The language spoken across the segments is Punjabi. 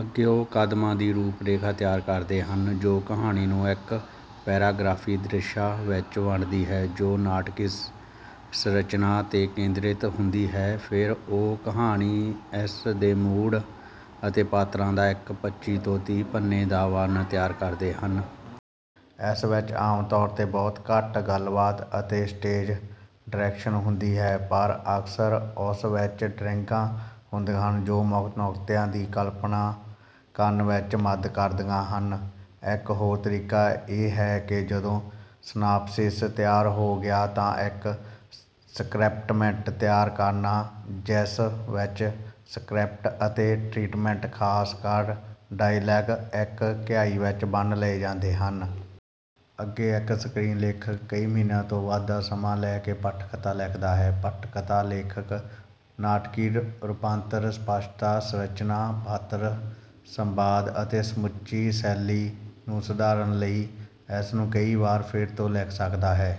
ਅੱਗੇ ਉਹ ਕਦਮਾਂ ਦੀ ਰੂਪ-ਰੇਖਾ ਤਿਆਰ ਕਰਦੇ ਹਨ, ਜੋ ਕਹਾਣੀ ਨੂੰ ਇੱਕ-ਪੈਰਾਗ੍ਰਾਫ਼ੀ ਦ੍ਰਿਸ਼ਾਂ ਵਿੱਚ ਵੰਡਦੀ ਹੈ ਜੋ ਨਾਟਕੀ ਸੰਰਚਨਾ 'ਤੇ ਕੇਂਦ੍ਰਿਤ ਹੁੰਦੀ ਹੈ। ਫਿਰ, ਉਹ ਕਹਾਣੀ, ਇਸ ਦੇ ਮੂਡ ਅਤੇ ਪਾਤਰਾਂ ਦਾ ਇੱਕ ਪੱਚੀ ਤੋਂ ਤੀਂਹ ਪੰਨੇ ਦਾ ਵਰਣਨ ਤਿਆਰ ਕਰਦੇ ਹਨ। ਇਸ ਵਿੱਚ ਆਮ ਤੌਰ 'ਤੇ ਬਹੁਤ ਘੱਟ ਗੱਲਬਾਤ ਅਤੇ ਸਟੇਜ ਡਾਇਰੈਕਸ਼ਨ ਹੁੰਦੀ ਹੈ, ਪਰ ਅਕਸਰ ਉਸ ਵਿੱਚ ਡਰਾਇੰਗਾਂ ਹੁੰਦੀਆਂ ਹਨ ਜੋ ਮੁੱਖ ਨੁਕਤਿਆਂ ਦੀ ਕਲਪਨਾ ਕਰਨ ਵਿੱਚ ਮਦ ਕਰਦੀਆਂ ਹਨ। ਇੱਕ ਹੋਰ ਤਰੀਕਾ ਇਹ ਹੈ ਕਿ ਜਦੋਂ ਸਿਨਾਪਸਿਸ ਤਿਆਰ ਹੋ ਗਿਆ ਤਾਂ ਇੱਕ ਸਕ੍ਰਿਪਟਮੈਂਟ ਤਿਆਰ ਕਰਨਾ ਜਿਸ ਵਿੱਚ ਸਕ੍ਰਿਪਟ ਅਤੇ ਟਰੀਟਮੈਂਟ ਖ਼ਾਸ ਕਰ ਡਾਇਲਾਗ ਇੱਕ ਇਕਾਈ ਵਿੱਚ ਬੰਨ੍ਹ ਲਏ ਜਾਂਦੇ ਹਨ। ਅੱਗੇ, ਇੱਕ ਸਕ੍ਰੀਨਲੇਖਕ ਕਈ ਮਹੀਨਿਆਂ ਤੋਂ ਵੱਧ ਦਾ ਸਮਾਂ ਲੈ ਕੇ ਪਟਕਥਾ ਲਿਖਦਾ ਹੈ। ਪਟਕਥਾ ਲੇਖਕ ਨਾਟਕੀ ਰੂਪਾਂਤਰ, ਸਪਸ਼ਟਾ, ਸੰਰਚਨਾ, ਪਾਤਰ, ਸੰਵਾਦ ਅਤੇ ਸਮੁੱਚੀ ਸੈਲੀ ਨੂੰ ਸੁਧਾਰਨ ਲਈ ਇਸਨੂੰ ਕਈ ਵਾਰ ਫਿਰ ਤੋਂ ਲਿਖ ਸਕਦਾ ਹੈ।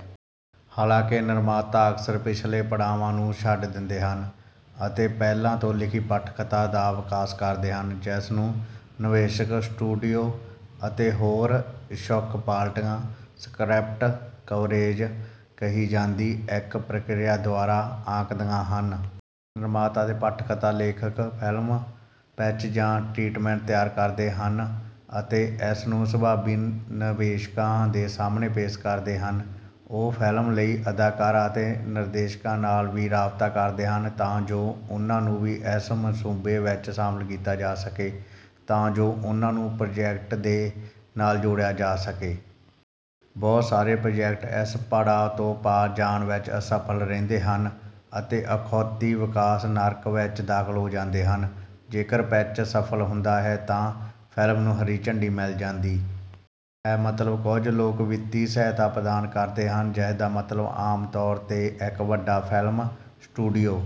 ਹਾਲਾਂਕਿ, ਨਿਰਮਾਤਾ ਅਕਸਰ ਪਿਛਲੇ ਪੜਾਵਾਂ ਨੂੰ ਛੱਡ ਦਿੰਦੇ ਹਨ ਅਤੇ ਪਹਿਲਾਂ ਤੋਂ ਲਿਖੀ ਪਟਕਥਾ ਦਾ ਵਿਕਾਸ ਕਰਦੇ ਹਨ ਜਿਸਨੂੰ ਨਿਵੇਸ਼ਕ, ਸਟੂਡੀਓ ਅਤੇ ਹੋਰ ਇੱਛੁਕ ਪਾਰਟੀਆਂ ਸਕ੍ਰਿਪਟ ਕਵਰੇਜ ਕਹੀ ਜਾਂਦੀ ਇੱਕ ਪ੍ਰਕਿਰਿਆ ਦੁਆਰਾ ਆਂਕਦੀਆਂ ਹਨ। ਨਿਰਮਾਤਾ ਅਤੇ ਪਟਕਥਾ ਲੇਖਕ ਫ਼ਿਲਮ ਪਿੱਚ ਜਾਂ ਟਰੀਟਮੈਂਟ ਤਿਆਰ ਕਰਦੇ ਹਨ ਅਤੇ ਇਸਨੂੰ ਸੰਭਾਵੀ ਨਿਵੇਸ਼ਕਾਂ ਦੇ ਸਾਹਮਣੇ ਪੇਸ਼ ਕਰਦੇ ਹਨ। ਉਹ ਫ਼ਿਲਮ ਲਈ ਅਦਾਕਾਰਾਂ ਅਤੇ ਨਿਰਦੇਸ਼ਕਾਂ ਨਾਲ ਵੀ ਰਾਬਤਾ ਕਰਦੇ ਹਨ ਤਾਂ ਜੋ ਉਨ੍ਹਾਂ ਨੂੰ ਵੀ ਇਸ ਮਨਸੂਬੇ ਵਿੱਚ ਸ਼ਾਮਲ ਕੀਤਾ ਜਾ ਸਕੇ ਤਾਂ ਜੋ ਉਹਨਾਂ ਨੂੰ ਪ੍ਰੋਜੈਕਟ ਦੇ ਨਾਲ ਜੋੜਿਆ ਜਾ ਸਕੇ। ਬਹੁਤ ਸਾਰੇ ਪ੍ਰੋਜੈਕਟ ਇਸ ਪੜਾਅ ਤੋਂ ਪਾਰ ਜਾਣ ਵਿੱਚ ਅਸਫਲ ਰਹਿੰਦੇ ਹਨ ਅਤੇ ਅਖੌਤੀ ਵਿਕਾਸ ਨਰਕ ਵਿੱਚ ਦਾਖ਼ਲ ਹੋ ਜਾਂਦੇ ਹਨ। ਜੇਕਰ ਪਿੱਚ ਸਫਲ ਹੁੰਦਾ ਹੈ ਤਾਂ ਫ਼ਿਲਮ ਨੂੰ ਹਰੀ ਝੰਡੀ ਮਿਲ ਜਾਂਦੀ ਹੈ, ਮਤਲਬ ਕੁਝ ਲੋਕ ਵਿੱਤੀ ਸਹਾਇਤਾ ਪ੍ਰਦਾਨ ਕਰਦੇ ਹਨ ਜਿਸਦਾ ਮਤਲਬ ਆਮ ਤੌਰ 'ਤੇ ਇੱਕ ਵੱਡਾ ਫ਼ਿਲਮ ਸਟੂਡੀਓ